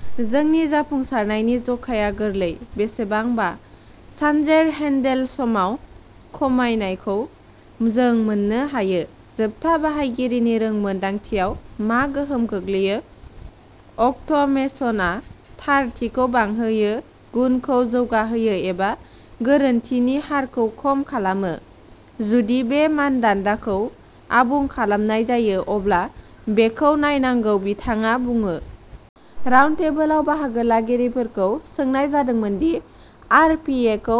" जोंनि जाफुंसारनायनि जखाया गोरलै; बेसेबां। सानजेर हेन्डेल समाव खमायनायखौ जों मोन्नो हायो, जोबथा बाहायगिरिनि रोंमोन्दांथियाव मा गोहोम गोग्लैयो, अट'मेसनआ थारथिखौ बांहोयो, गुनखौ जौगाहोयो एबा गोरोन्थिनि हारखौ खम खालामो। जुदि बे मानदान्दाखौ आबुं खालामनाय जायो, अब्ला बेखौ नायनांगौ ", बिथाङा बुङो। राउन्डटेबलआव बाहागो लागिरिफोरखौ सोंनाय जादोंमोन दि आर. पि. ए. खौ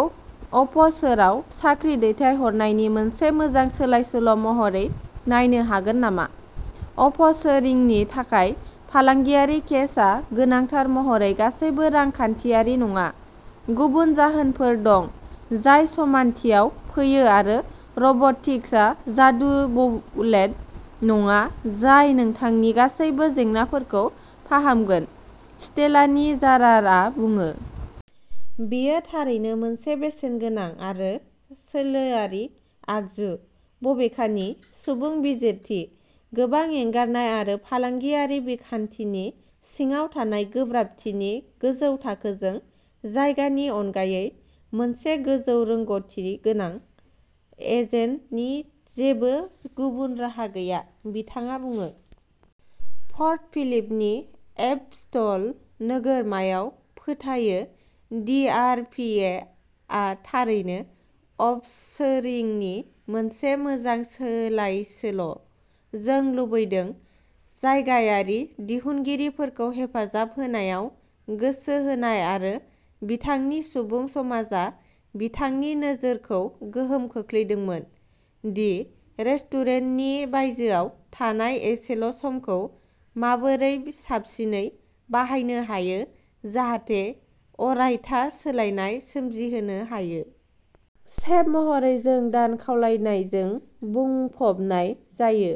अफशोराव साख्रि दैथायहरनायनि मोनसे मोजां सोलायसोल'महरै नायनो हागोन नामा। अफशोरिंनि थाखाय फालांगियारि केसआ गोनांथार महरै गासैबो रांखान्थियारि नङा; गुबुन जाहोनफोर दं जाय समानथियाव फैयो आरो रब'टिक्सआ जादु बुलेट नङा जाय नोंथांनि गासैबो जेंनाफोरखौ फाहामगोन, स्टेलानि जारारआ बुङो। " बेयो थारैनो मोनसे बेसेनगोनां आरो सोलोआरि आगजु, बबेखानि, सुबुं बिजिरथि, गोबां एंगारनाय आरो फालांगियारि बिखान्थिनि सिङाव थानाय गोब्राबथिनि गोजौ थाखोजों, जायगानि अनगायै मोनसे गोजौ रोंग'थि गोनां एजेन्टनि जेबो गुबुन राहा गैया ", बिथाङा बुङो। पर्ट फिलिपनि एप'स्ट'ल नोगोरमाया फोथायो दि आर. पि. ए. आ'थारैनो'अफशोरिंनि मोनसे मोजां सोलायसोल'। " जों लुबैदों। जायगायारि दिहुनगिरिफोरखौ हेफाजाब होनायाव गोसो होनाय आरो बिथांनि सुबुं समाजआ बिथांनि नोजोरखौ गोहोम खोख्लैदोंमोन दि रेस्तुरेन्तनि बायजोआव थानाय एसेल'समखौ माबोरै साबसिनै बाहायनो हायो जाहाथे अरायथा सोलायनाय सोमजिहोनो हायो। सेफ महरै, जों दान खावलायनायजों बुंफबनाय जायो।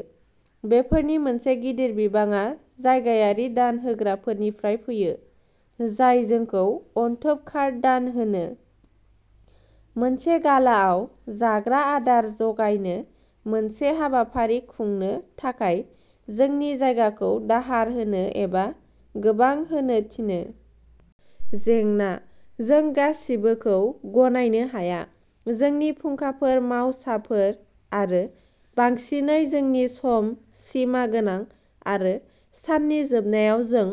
बेफोरनि मोनसे गिदिर बिबांआ जायगायारि दान होग्राफोरनिफ्राय फैयो, जाय जोंखौ अनथोब कार्ड दान होनो, मोनसे गालाआव जाग्रा आदार जगायनो, मोनसे हाबाफारि खुंनो थाखाय जोंनि जायगाखौ दाहार होनो एबा गोबां होनो थिनो। जेंनाः जों गासिबोखौ गनायनो हाया। जोंनि फुंखाफोर, मावसाफोर, आरो बांसिनै, जोंनि सम, सिमा गोनां, आरो साननि जोबनायाव जों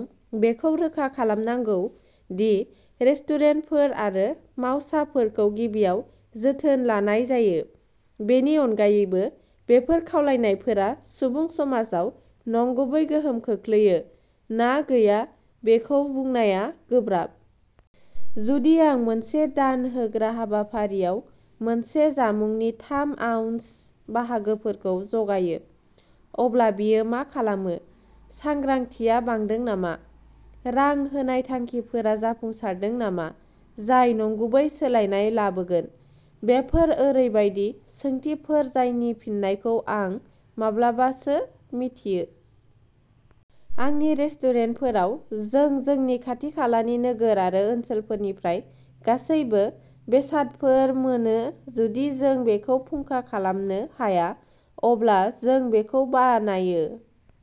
बेखौ रोखा खालामनांगौ दि रेस्तुरेन्तफोर आरो मावसाफोरखौ गिबियाव जोथोन लानाय जायो। बेनि अनगायैबो, बेफोर खावलायनायफोरा सुबुं समाजाव नंगुबै गोहोम खोख्लैयो ना गैया बेखौ बुंनाया गोब्राब। जुदि आं मोनसे दान होग्रा हाबाफारिआव मोनसे जामुंनि थाम-आउन्स बाहागोफोरखौ जगायो, अब्ला बेयो मा खालामो? सांग्रांथिया बांदों नामा? रां होनाय थांखिफोरा जाफुंसारदों नामा जाय नंगुबै सोलायनाय लाबोगोन? बेफोर ओरैबायदि सोंथिफोर जायनि फिननायखौ आं माब्लाबासो मिथियो। आंनि रेस्टुरेन्टफोराव, जों जोंनि खाथि-खालानि नोगोर आरो ओनसोलनिफ्राय गासैबो बेसादफोर मोनोः जुदि जों बेखौ फुंखा खालामनो हाया, अब्ला जों बेखौ बानायो।